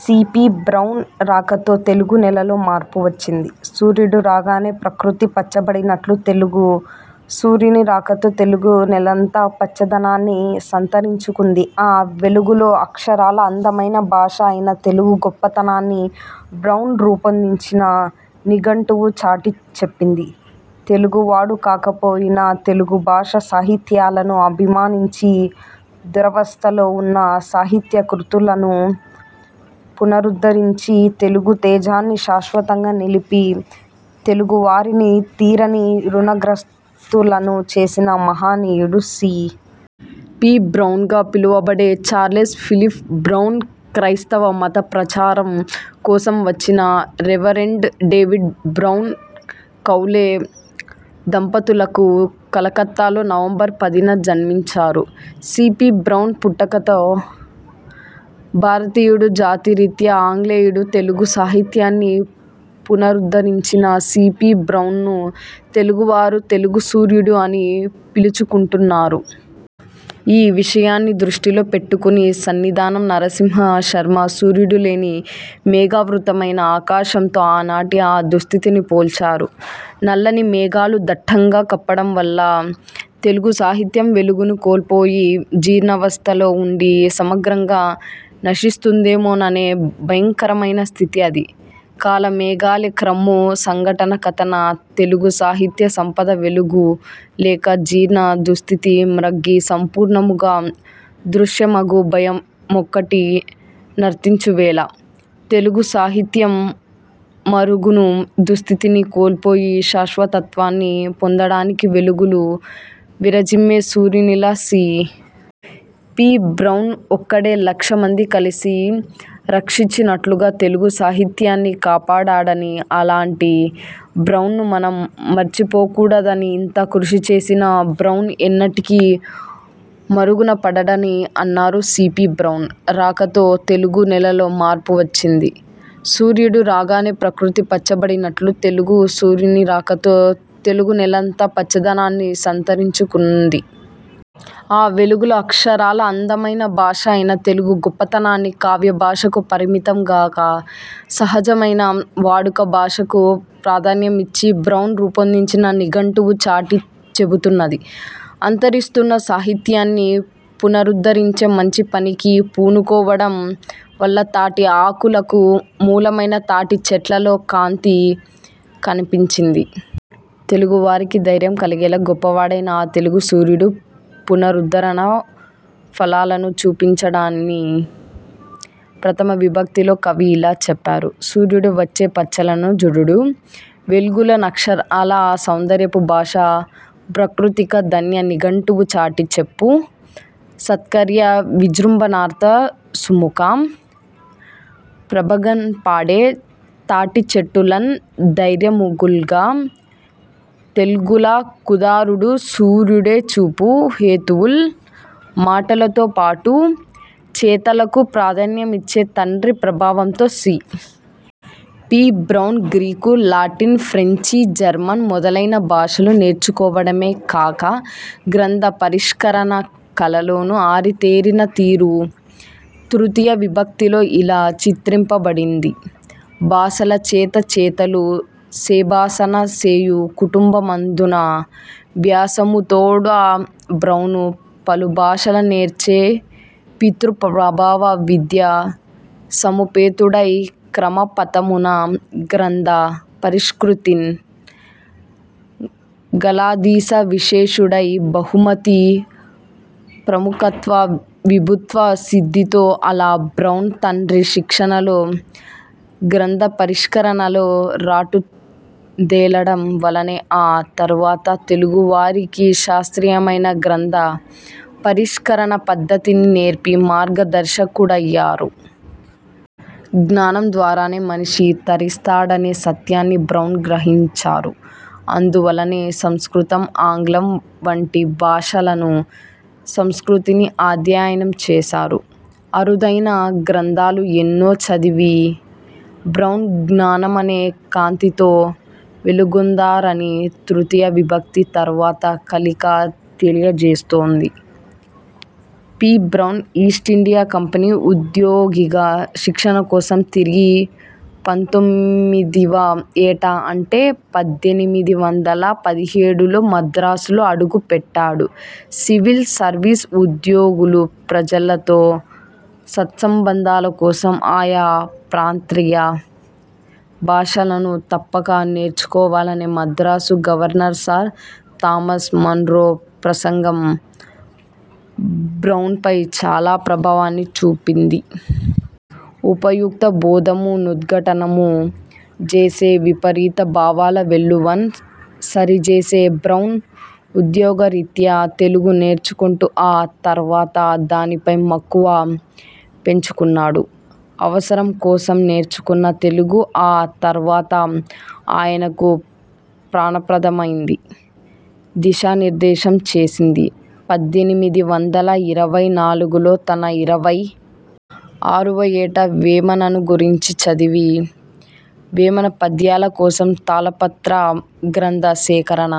C. P. Brown రాకతో తెలుగు నేలలో మార్పు వచ్చింది. సూర్యుడు రాగానే ప్రకృతి పచ్చబడినట్లు తెలుగు సూర్యుని రాకతో తెలుగునేలంతా పచ్చదనాన్ని సంతరించుకుంది. ఆ వెలుగులో అక్షరాలా అందమైన భాష అయిన తెలుగు గొప్పతనాన్ని బ్రౌన్ రూపొందించిన నిఘంటువు చాటి చెప్పింది. తెలుగువాడు కాకపోయినా తెలుగు భాషా సాహిత్యాలను అభిమానించి, దురవస్థలో ఉన్న సాహిత్యా కృతులను పునరుద్ధరించి, తెలుగు తేజాన్ని శాశ్వతంగా నిలిపి, తెలుగువారిని తీరని ఋణగ్రస్తులను చేసిన మహనీయుడు సి. పి. బ్రౌన్గా పిలువబడే చార్లెస్ ఫిలిప్ బ్రౌన్. క్రైస్తవ మతప్రచారం కోసం వచ్చిన రెవరెండ్ డేవిడ్ బ్రౌన్, కౌలే దంపతులకు కలకత్తాలో నవంబర్ పదిన జన్మించారు సి. పి. బ్రౌన్ పుట్టుకతో భారతీయుడు, జాతి రీత్యా ఆంగ్లేయుడు. తెలుగు సాహిత్యాన్ని పునరుద్ధరించిన సి. పి. బ్రౌన్ను తెలుగువారు 'తెలుగు సూర్యుడు' అని పిలుచుకుంటున్నారు. ఈ విషయాన్ని దృష్టిలో పెట్టుకొని సన్నిధానం నరసింహశర్మ సూర్యుడులేని మేఘావృతమైన ఆకాశంతో ఆనాటి ఆ దుస్థితిని పోల్చారు. నల్లని మేఘాలు దట్టంగా కప్పడం వల్ల తెలుగు సాహిత్యం వెలుగును కోల్పోయి జీర్ణావస్థలో ఉండి సమగ్రంగా నశిస్తుందేమోననే భయంకరమైన స్థితి అది. ''కాలమేఘాళి క్రమ్ము సంఘటన కతన తెలుగు సాహిత్య సంపద వెలుగు లేక జీర్ణ దుస్థితి మ్రగ్గి సంపూర్ణముగ దృశ్యమగు భయమొకటి నర్తించువేళ''తెలుగు సాహిత్యం మరుగును, దుస్థితిని కోల్పోయి శాశ్వతత్వాన్ని పొందడానికి వెలుగులు విరజిమ్మే సూర్యునిలా సి. పి. బ్రౌన్ ఒక్కడే లక్ష మంది కలసి రక్షించినట్లుగా తెలుగు సాహిత్యాన్ని కాపాడాడని, అలాంటి బ్రౌన్ను మనం మరచిపోకూడదని, ఇంత కృషి చేసిన బ్రౌన్ ఎన్నటికీ మరుగునపడడని అన్నారు. సి. పి. బ్రౌన్ రాకతో తెలుగు నేలలో మార్పు వచ్చింది. సూర్యుడు రాగానే ప్రకృతి పచ్చబడినట్లు తెలుగు సూర్యుని రాకతో తెలుగునేలంతా పచ్చదనాన్ని సంతరించుకుంది. ఆ వెలుగులో అక్షరాలా అందమైన భాష అయిన తెలుగు గొప్పతనాన్ని కావ్యభాషకు పరిమితం గాక సహజమైన వాడుక భాషకు ప్రాధాన్యమిచ్చి బ్రౌన్ రూపొందించిన నిఘంటువు చాటి చెబుతున్నది. అంతరిస్తున్న సాహిత్యాన్ని పునరుద్ధరించే మంచి పనికి పూనుకోవడం వల్ల తాటి ఆకులకు మూలమైన తాటి చెట్లలో కాంతి కనిపించింది. తెలుగువారికి ధైర్యం కలిగేలా గొప్పవాడైన ఆ తెలుగు సూర్యుడు పునరుద్ధరణ ఫలాలను చూపించాడని 'ప్రథమా విభక్తి'లో కవి ఇలా చెప్పారు. ''సూర్యుడు వచ్చె పచ్చలను జూడుడు, వెల్గుల నక్షరాల సౌందర్యపు భాష బ్రాకృతిక ధన్య నిఘంటువు చాటిచెప్పు, సత్కార్య విజృంభణార్థ సుముఖ ప్రభగన్పడె తాటిచెట్టులన్, ధైర్యముగల్గ తెల్గుల కుదారుడు సూర్యుడె చూపు హేతువుల్''మాటలతో పాటు చేతలకు ప్రాధాన్యమిచ్చే తండ్రి ప్రభావంతో C. P. Brown Greek, Latin, French, German మొదలైన భాషలు నేర్చుకోవడమే కాక గ్రంథ పరిష్కరణ కళలోనూ ఆరితేరిన తీరు 'తృతీయా విభక్తి'లో ఇలా చిత్రింపబడింది. ''బాసల చేత చేతలు సెబాసన సేయు కుటుంబమందున భ్యాసముతోడ బ్రౌను పలుభాషల నేర్చె పితృప్రభావ విద్యా సముపేతుడై క్రమపథమ్మున గ్రంథ పరిష్కృతిన్ గళాధీస విశేషుడై బహుమతి ప్రముఖత్వ విభుత్వ సిద్ధితో''అలా బ్రౌన్ తండ్రి శిక్షణలో గ్రంథపరిష్కరణలో రాటుదేలడం వల్లనే ఆ తర్వాత తెలుగువారికి శాస్త్రీయమైన గ్రంథ పరిష్కరణ పద్ధతిని నేర్పి మార్గదర్శకుడయ్యారు. జ్ఞానం ద్వారానే మనిషి తరిస్తాడనే సత్యాన్ని బ్రౌన్ గ్రహించారు. అందువల్లనే సంస్కృతం, ఆంగ్లం వంటి భాషలను, సంస్కృతిని అధ్యయనం చేశారు. అరుదైన గ్రంథాలు ఎన్నో చదివి బ్రౌన్ జ్ఞానమనే కాంతితో వెలుగొందారని 'తృతీయా విభక్తి తర్వాత కళిక' తెలియజేస్తోంది. పి. బ్రౌన్ ఈస్టిండియా కంపెనీ ఉద్యోగిగా శిక్షణ కోసం తిరిగి పంతొమ్మిదివ ఏట అంటే పద్దెనిమిది వందల పదిహేడులో మద్రాసులో అడుగుపెట్టాడు సివిల్ సర్వీస్ ఉద్యోగులు ప్రజలతో సత్సంబంధాల కోసం ఆయా ప్రాంతీయ భాషలను తప్పక నేర్చుకోవాలనే Madras governor sir Thomas Munro ప్రసంగం బ్రౌన్పై చాలా ప్రభావాన్ని చూపింది. ''ఉపయుక్త బోధమ్ము నుద్ఘాటనము జేసె విపరీత భావాల వెల్లువన్ సరిజేసె''. బ్రౌన్ ఉద్యోగరీత్యా తెలుగు నేర్చుకొంటూ ఆ తర్వాత దానిపై మక్కువ పెంచుకున్నాడు. అవసరం కోసం నేర్చుకున్న తెలుగు ఆ తర్వాత ఆయనకు ప్రాణప్రదమైంది, దిశానిర్దేశం చేసింది. పద్దెనిమిది వందల ఇరవై నాలుగులో తన ఇరవై ఆరువ ఏట వేమనను గురించి చదివి, వేమన పద్యాల కోసం తాళపత్ర గ్రంథ సేకరణ